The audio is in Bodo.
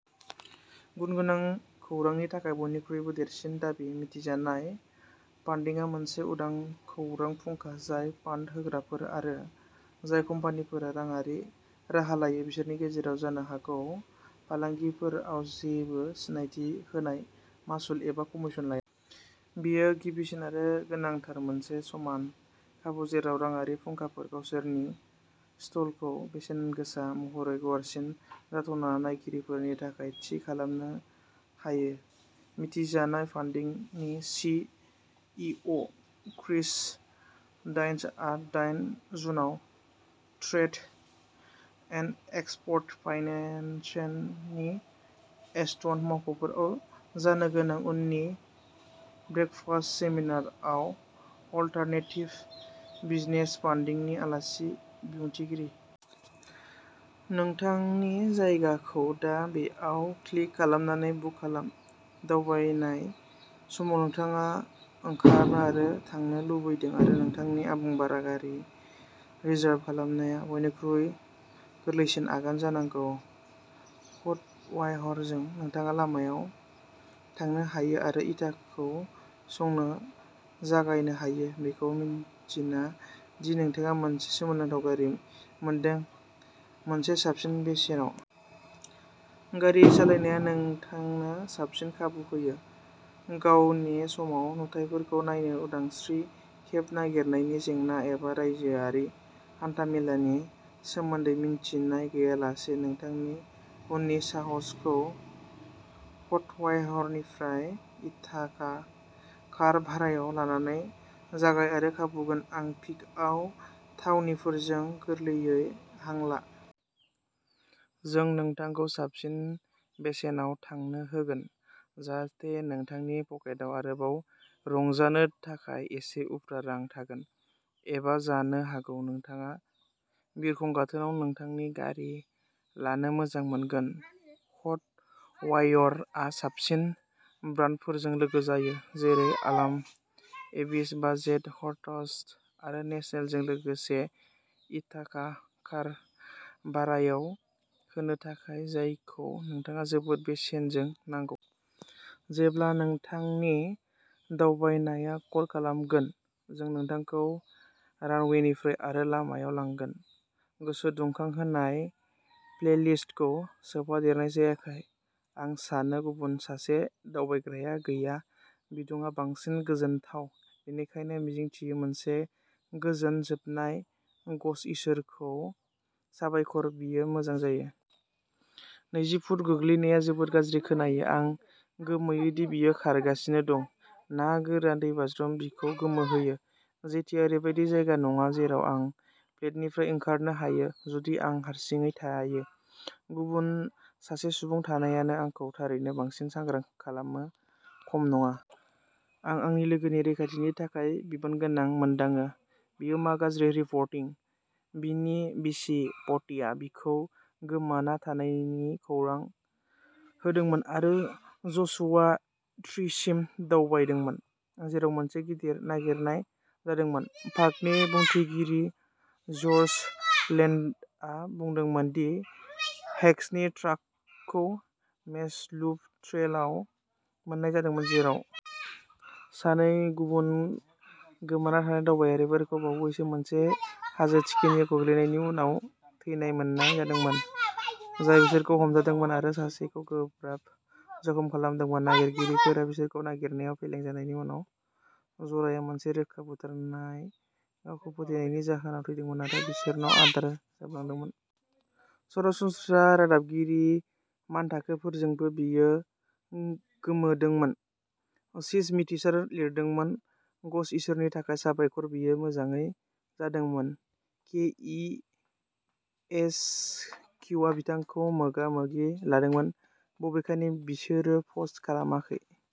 गुनगोनां खौरांनि थाखाय बयनिख्रुइबो देरसिन दाबि। मिथिजानाय फान्डिंआ मोनसे उदां खौरां फुंखा, जाय फान्ड होग्राफोर आरो जाय कम्पानिफोरा राङारि राहा लायो बिसोरनि गेजेराव जानो हाथाव फालांगिफोराव जेबो सिनायथि होनाय मासुल एबा कमिसन लाया। बेयो गिबिसिन आरो गोनांथार मोनसे समान खाबु जेराव राङारि फुंखाफोरा गावसोरनि स्टलखौ बेसेनगोसा महरै गुवारसिन जाथावना नायगिरिफोरनि थाखाय थि खालामनो हायो। मिथिजानाय फान्डिंनि सि. इ. अ. क्रिस डाइन्सआ दाइन जुनआव ट्रेड एन्ड एक्सप'र्ट फाइनेन्सनि एस्टन मावख'फोराव जानो गोनां उननि ब्रेकफास्ट सेमिनारआव अलटारनेटिभ बिजनेस फान्डिंनि आलासि बुंथिगिरि। नोंथांनि जायगाखौ दा बेयाव क्लिक खालामनानै बुक खालाम। दावबायनाय समाव नोंथाङा ओंखारनो आरो थांनो लुबैदों आरो नोंथांनि आबुं भारा गारि रिजार्भ खालामनाया बयनिख्रुइ गोरलैसिन आगान जानांगौ। हटवायरजों नोंथाङा लामायाव थांनो हायो आरो इथाकाखौ संनो जागायनो हायो बेखौ मिन्थिना दि नोंथाङा मोनसे सोमोनांथाव गारि मोनदों मोनसे साबसिन बेसेनाव। गारि सालायनाया नोंथांनो साबसिन खाबु होयो। गावनि समाव नुथायफोरखौ नायनो उदांस्रि केब नागिरनायनि जेंना एबा रायजोआरि हान्था-मेलानि सोमोन्दै मिन्थिनाय गैयालासे नोंथांनि उननि साहसखौ हटवायरनिफ्राय इथाका कार भारायाव लानानै जागाय आरो खाबु गोनां पिक आप थावनिफोरजों गोरलैयै हां ला। जों नोंथांखौ साबसिन बेसेनाव थांनो होगोन। जाहाथे नोंथांनि पकेटाव आरोबाव रंजानो थाखाय एसे उफ्रा रां थागोन। एबा जानो हागौ नोंथाङा बिरखं गाथोनाव नोंथांनि गारि लानो मोजां मोनगोन? हटवायरआ साबसिन ब्रान्डफोरजों लोगो जायो। जेरै आलाम, एविस, बाजेट, हर्टज आरो नेशनलजों लोगोसे इथाका कार भारायाव होनो थाखाय जायखौ नोंथाङा जोबोद बेसेनजों नांगौ। जेब्ला नोंथांनि दावबायनाया कल खालामगोन, जों नोंथांखौ रानवेनिफ्राय आरो लामायाव लांगोन। गोसो दुंखांहोनाय प्लेलिस्टखौ सोफादेरनाय जायाखै। आं सानो गुबुन सासे दावबायग्राया गैया‌ बिदुंआ बांसिन गोजोनथाव। बेनिखायनो मिजिंथियो मोनसे गोजोन जोबनाय गश इसोरखौ साबायखर बेयो मोजां जायो। नैजि फुट गोग्लैनाया जोबोद गाज्रि खोनायो। आं गोमोयो दि बियो खारगासिनो दं ना गोरान दैबाज्रुमआ बिखौ गोमोहोयो। जेटिआ ओरैबायदि जायगा नङा जेराव आं फ्लेटनिफ्राय ओंखारनो हायो जुदि आं हारसिङै थायो। गुबुन सासे सुबुं थानायानो आंखौ थारैनो बांसिन सांग्रां खालामो खम नङा। आं आंनि लोगोनि रैखाथिनि थाखाय बिबानगोनां मोनदाङो। बेयो मा गाज्रि रिपर्टिं? बिथांनि बिसि पट्टीआ बिथांखौ गोमाना थानायनि खौरां होदोंमोन आरो जसुवा ट्रिसिम दावबायदोंमोन, जेराव मोनसे गिदिर नागिरनाय जादोंमोन। पार्कनि बुंथिगिरि जर्ज लेन्डआ बुंदोंमोन दि हेंक्सनि ट्राकखौ मेज लुप ट्रेलआव मोननाय जादोंमोन। जेराव सानै गुबुन गोमाना थानाय दावबायारिफोरखौ बावैसो मोनसे हाजो थिखिनियाव गोग्लैनायनि उनाव थैनाय मोननाय जादोंमोन। जाय बिसोरखौ हमथाहोदोंमोन आरो सासेखौ गोब्राब जखम खालामदोंमोन। नागिरगिरिफोरा बिसोरखौ नागिरनायाव फेलें जानायनि उनाव जराया मोनसे रोखा बुथारनाय गावखौ फोथैनायनि जाहोनाव थैदोंमोन आरो बिसोरनाव आदार जोबलांदोंमोन। सरासनस्रा रादाबगिरि मानथाखोफोरजोंबो बियो गोमोदोंमोन। शिश मिथिसार लिरदोंमोन गश इसोरनि थाखाय साबायखर बेयो मोजाङै जादोंमोन। के इ एस किउआ बिथांखौ मोगा-मोगि लादोंमोन बबेखानि बिसोरो पस्ट खालामाखै।